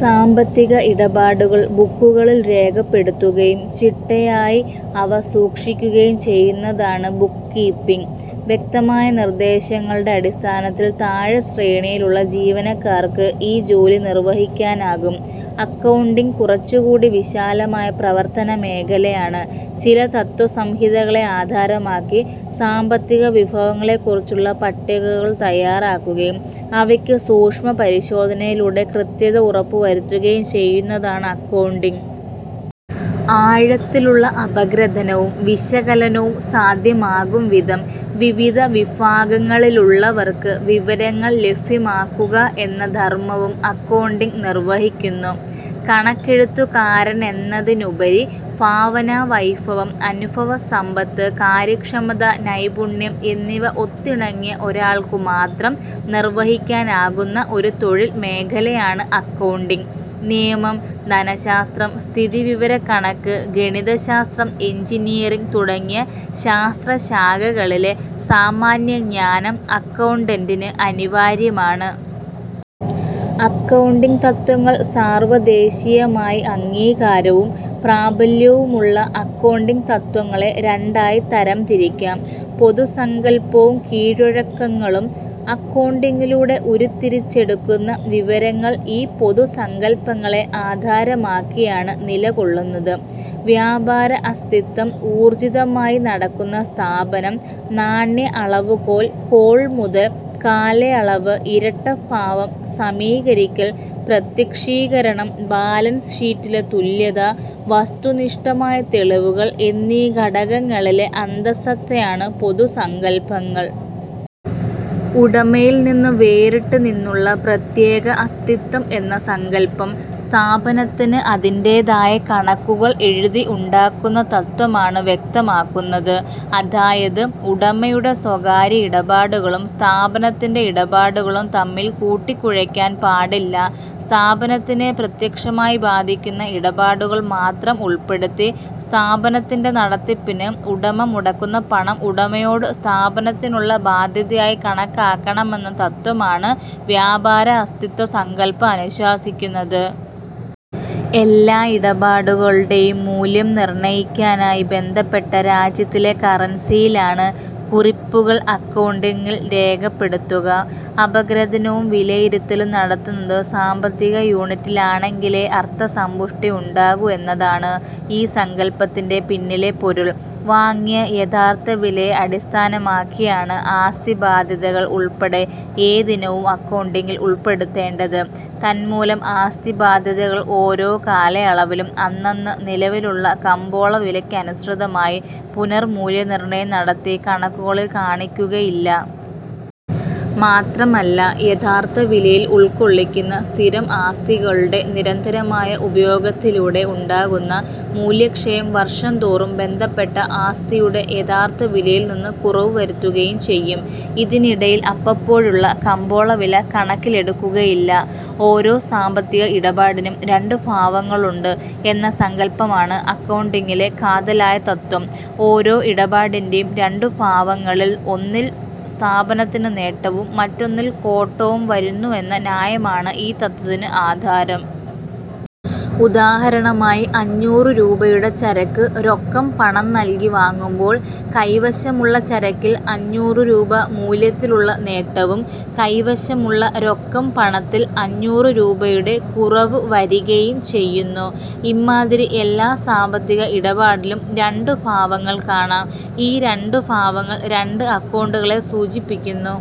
സാമ്പത്തിക ഇടപാടുകൾ ബുക്കുകളിൽ രേഖപ്പെടുത്തുകയും ചിട്ടയായി അവ സൂക്ഷിക്കുകയും ചെയ്യുന്നതാണ് ബുക്ക് കീപ്പിങ്. വ്യക്തമായ നിർദ്ദേശങ്ങളുടെ അടിസ്ഥാനത്തിൽ താഴെ ശ്രേണിയിലുള്ള ജീവനക്കാർക്ക് ഈ ജോലി നിർവഹിക്കാനാകും. അക്കൗണ്ടിംഗ് കുറച്ചുകൂടി വിശാലമായ പ്രവർത്തനമേഖലയാണ്. ചില തത്ത്വസംഹിതകളെ ആധാരമാക്കി, സാമ്പത്തിക വിഭവങ്ങളെക്കുറിച്ചുള്ള പട്ടികകൾ തയ്യാറാക്കുകയും അവയ്ക്ക് സൂക്ഷ്മപരിശോധനയിലൂടെ കൃത്യത ഉറപ്പുവരുത്തുകയും ചെയ്യുന്നതാണ് അക്കൗണ്ടിംഗ്. ആഴത്തിലുള്ള അപഗ്രഥനവും വിശകലനവും സാധ്യമാകുംവിധം വിവിധ വിഭാഗങ്ങളിലുള്ളവർക്ക് വിവരങ്ങൾ ലഭ്യമാക്കുക എന്ന ധർമവും അക്കൗണ്ടിംഗ് നിർവഹിക്കുന്നു. കണക്കെഴുത്തുകാരനെന്നതിനുപരി ഭാവനാവൈഭവം, അനുഭവസമ്പത്ത്, കാര്യക്ഷമത, നൈപുണ്യം എന്നിവ ഒത്തിണങ്ങിയ ഒരാൾക്കുമാത്രം നിർവഹിക്കാനാകുന്ന ഒരു തൊഴിൽമേഖലയാണ് അക്കൗണ്ടിംഗ്. നിയമം, ധനശാസ്ത്രം, സ്ഥിതിവിവരക്കണക്ക്, ഗണിതശാസ്ത്രം, എഞ്ചിനീയറിങ് തുടങ്ങിയ ശാസ്ത്രശാഖകളിലെ സാമാന്യജ്ഞാനം അക്കൗണ്ടന്റിന് അനിവാര്യമാണ്. അക്കൗണ്ടിംഗ് തത്ത്വങ്ങൾ സാർവദേശീയമായി അംഗീകാരവും പ്രാബല്യവുമുള്ള അക്കൗണ്ടിംഗ് തത്ത്വങ്ങളെ രണ്ടായി തരംതിരിക്കാം. പൊതുസങ്കല്പവും കീഴ്വഴക്കങ്ങളും. അക്കൗണ്ടിംഗിലൂടെ ഉരുത്തിരിച്ചെടുക്കുന്ന വിവരങ്ങൾ ഈ പൊതുസങ്കല്പങ്ങളെ ആധാരമാക്കിയാണ് നിലകൊള്ളുന്നത്. വ്യാപാര അസ്തിത്വം, ഊർജ്ജിതമായി നടക്കുന്ന സ്ഥാപനം, നാണ്യ അളവുകോൽ, കോൾ മുതൽ, കാലയളവ്, ഇരട്ടഭാവം, സമീകരിക്കൽ, പ്രത്യക്ഷീകരണം, ബാലൻസ് ഷീറ്റിലെ തുല്യത, വസ്തുനിഷ്ഠമായ തെളിവുകൾ എന്നീ ഘടകങ്ങളിലെ അന്തഃസത്തയാണ് പൊതുസങ്കല്പങ്ങൾ. ഉടമയിൽനിന്ന് വേറിട്ട് നിന്നുള്ള പ്രത്യേക അസ്തിത്വം എന്ന സങ്കല്പം, സ്ഥാപനത്തിന് അതിൻ്റെതായ കണക്കുകൾ എഴുതി ഉണ്ടാക്കുന്ന തത്ത്വമാണ് വ്യക്തമാക്കുന്നത്. അതായത്, ഉടമയുടെ സ്വകാര്യ ഇടപാടുകളും സ്ഥാപനത്തിൻ്റെ ഇടപാടുകളും തമ്മിൽ കൂട്ടിക്കുഴയ്ക്കാൻ പാടില്ല. സ്ഥാപനത്തിനെ പ്രത്യക്ഷമായി ബാധിക്കുന്ന ഇടപാടുകൾ മാത്രം ഉൾപ്പെടുത്തി, സ്ഥാപനത്തിൻ്റെ നടത്തിപ്പിന് ഉടമ മുടക്കുന്ന പണം ഉടമയോട് സ്ഥാപനത്തിനുള്ള ബാദ്ധ്യതയായി കണക്കാക്കണമെന്ന തത്ത്വമാണ് വ്യാപാര അസ്തിത്വ സങ്കല്പം അനുശാസിക്കുന്നത്. എല്ലാ ഇടപാടുകളുടേയും മൂല്യം നിർണയിക്കാനായി ബന്ധപ്പെട്ട രാജ്യത്തിലെ കറൻസിയിലാണ് കുറിപ്പുകൾ അക്കൗണ്ടിംഗിൽ രേഖപ്പെടുത്തുക. അപഗ്രഥനവും വിലയിരുത്തലും നടത്തുന്നത് സാമ്പത്തിക യൂണിറ്റിലാണെങ്കിലേ അർത്ഥസമ്പുഷ്ടി ഉണ്ടാകൂ എന്നതാണ് ഈ സങ്കല്പത്തിൻ്റെ പിന്നിലെ പൊരുൾ. വാങ്ങിയ യഥാർഥ വിലയെ അടിസ്ഥാനമാക്കിയാണ് ആസ്തിബാദ്ധ്യതകൾ ഉൾപ്പെടെ ഏതിനവും അക്കൗണ്ടിംഗിൽ ഉൾപ്പെടുത്തേണ്ടത്. തന്മൂലം, ആസ്തിബാദ്ധ്യതകൾ ഓരോ കാലയളവിലും അന്നന്ന് നിലവിലുള്ള കമ്പോളവിലയ്ക്കനുസൃതമായി പുനർമൂല്യനിർണയം നടത്തി കണക്കുകളിൽ കാണിക്കുകയില്ല. മാത്രമല്ല യഥാർഥവിലയിൽ ഉൾക്കൊള്ളിക്കുന്ന സ്ഥിരം ആസ്തികളുടെ നിരന്തരമായ ഉപയോഗത്തിലൂടെ ഉണ്ടാകുന്ന മൂല്യക്ഷയം വർഷംതോറും ബന്ധപ്പെട്ട ആസ്തിയുടെ യഥാർഥവിലയിൽ നിന്ന് കുറവ് വരുത്തുകയും ചെയ്യും. ഇതിനിടയിൽ അപ്പപ്പോഴുള്ള കമ്പോളവില കണക്കിലെടുക്കുകയില്ല. ഓരോ സാമ്പത്തിക ഇടപാടിനും രണ്ടുഭാവങ്ങൾ ഉണ്ട് എന്ന സങ്കല്പമാണ് അക്കൗണ്ടിംഗിലെ കാതലായ തത്ത്വം. ഓരോ ഇടപാടിൻ്റെയും രണ്ടുഭാവങ്ങളിൽ ഒന്നിൽ സ്ഥാപനത്തിന് നേട്ടവും മറ്റൊന്നിൽ കോട്ടവും വരുന്നുവെന്ന ന്യായമാണ് ഈ തത്ത്വത്തിന് ആധാരം. ഉദാഹരണമായി, അഞ്ഞൂറ് രൂപയുടെ ചരക്ക് രൊക്കം പണം നൽകി വാങ്ങുമ്പോൾ കൈവശമുള്ള ചരക്കിൽ അഞ്ഞൂറ് രൂപ മൂല്യത്തിലുള്ള നേട്ടവും കൈവശമുള്ള രൊക്കം പണത്തിൽ അഞ്ഞൂറ് രൂപയുടെ കുറവുവരികയും ചെയ്യുന്നു. ഇമ്മാതിരി എല്ലാ സാമ്പത്തിക ഇടപാടിലും രണ്ടു ഭാവങ്ങൾ കാണാം. ഈ രണ്ടു ഭാവങ്ങൾ രണ്ട് അക്കൗണ്ടുകളെ സൂചിപ്പിക്കുന്നു.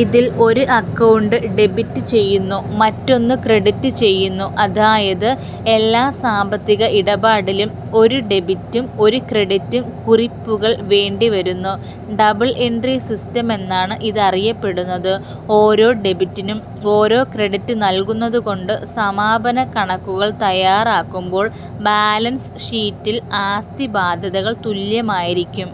ഇതിൽ ഒരു അക്കൗണ്ട് ഡെബിറ്റ് ചെയ്യുന്നു; മറ്റൊന്ന് ക്രെഡിറ്റ് ചെയ്യുന്നു. അതായത് എല്ലാ സാമ്പത്തിക ഇടപാടിലും ഒരു ഡെബിറ്റും ഒരു ക്രെഡിറ്റും കുറിപ്പുകൾ വേണ്ടിവരുന്നു. Double entry സിസ്റ്റമെന്നാണ് ഇതറിയപ്പെടുന്നത്. ഓരോ ഡെബിറ്റിനും ഓരോ ക്രെഡിറ്റ് നൽകുന്നതുകൊണ്ട് സമാപനകണക്കുകൾ തയ്യാറാക്കുമ്പോൾ ബാലൻസ് ഷീറ്റിൽ ആസ്തിബാദ്ധ്യതകൾ തുല്യമായിരിക്കും.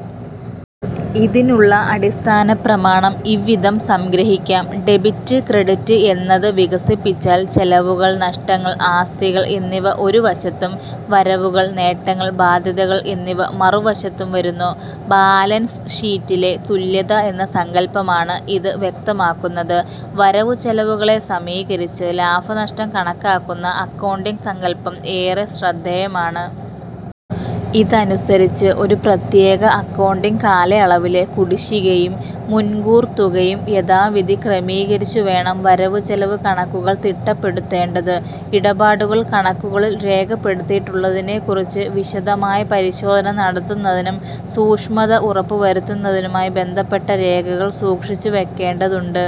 ഇതിനുള്ള അടിസ്ഥാനപ്രമാണം ഇവിധം സംഗ്രഹിക്കാം. ഡെബിറ്റ് ക്രെഡിറ്റ് എന്നത് വികസിപ്പിച്ചാൽ ചെലവുകൾ, നഷ്ടങ്ങൾ, ആസ്തികൾ എന്നിവ ഒരു വശത്തും, വരവുകൾ, നേട്ടങ്ങൾ, ബാദ്ധ്യതകൾ എന്നിവ മറുവശത്തും വരുന്നു. ബാലൻസ് ഷീറ്റിലെ തുല്യത എന്ന സങ്കല്പമാണ് ഇത് വ്യക്തമാക്കുന്നത്. വരവുചെലവുകളെ സമീകരിച്ച് ലാഭനഷ്ടം കണക്കാക്കുന്ന അക്കൗണ്ടിംഗ് സങ്കല്പം ഏറെ ശ്രദ്ധേയമാണ്. ഇതനുസരിച്ച് ഒരു പ്രത്യേക അക്കൗണ്ടിംഗ് കാലയളവിലെ കുടിശ്ശികയും മുൻകൂർതുകയും യഥാവിധി ക്രമീകരിച്ചു വേണം വരവ് ചെലവ് കണക്കുകൾ തിട്ടപ്പെടുത്തേണ്ടത്. ഇടപാടുകൾ കണക്കുകളിൽ രേഖപ്പെടുത്തിയിട്ടുള്ളതിനെക്കുറിച്ച് വിശദമായ പരിശോധന നടത്തുന്നതിനും സൂക്ഷ്മത ഉറപ്പുവരുത്തുന്നതിനുമായി ബന്ധപ്പെട്ട രേഖകൾ സൂക്ഷിച്ചു വയ്ക്കേണ്ടതുണ്ട്.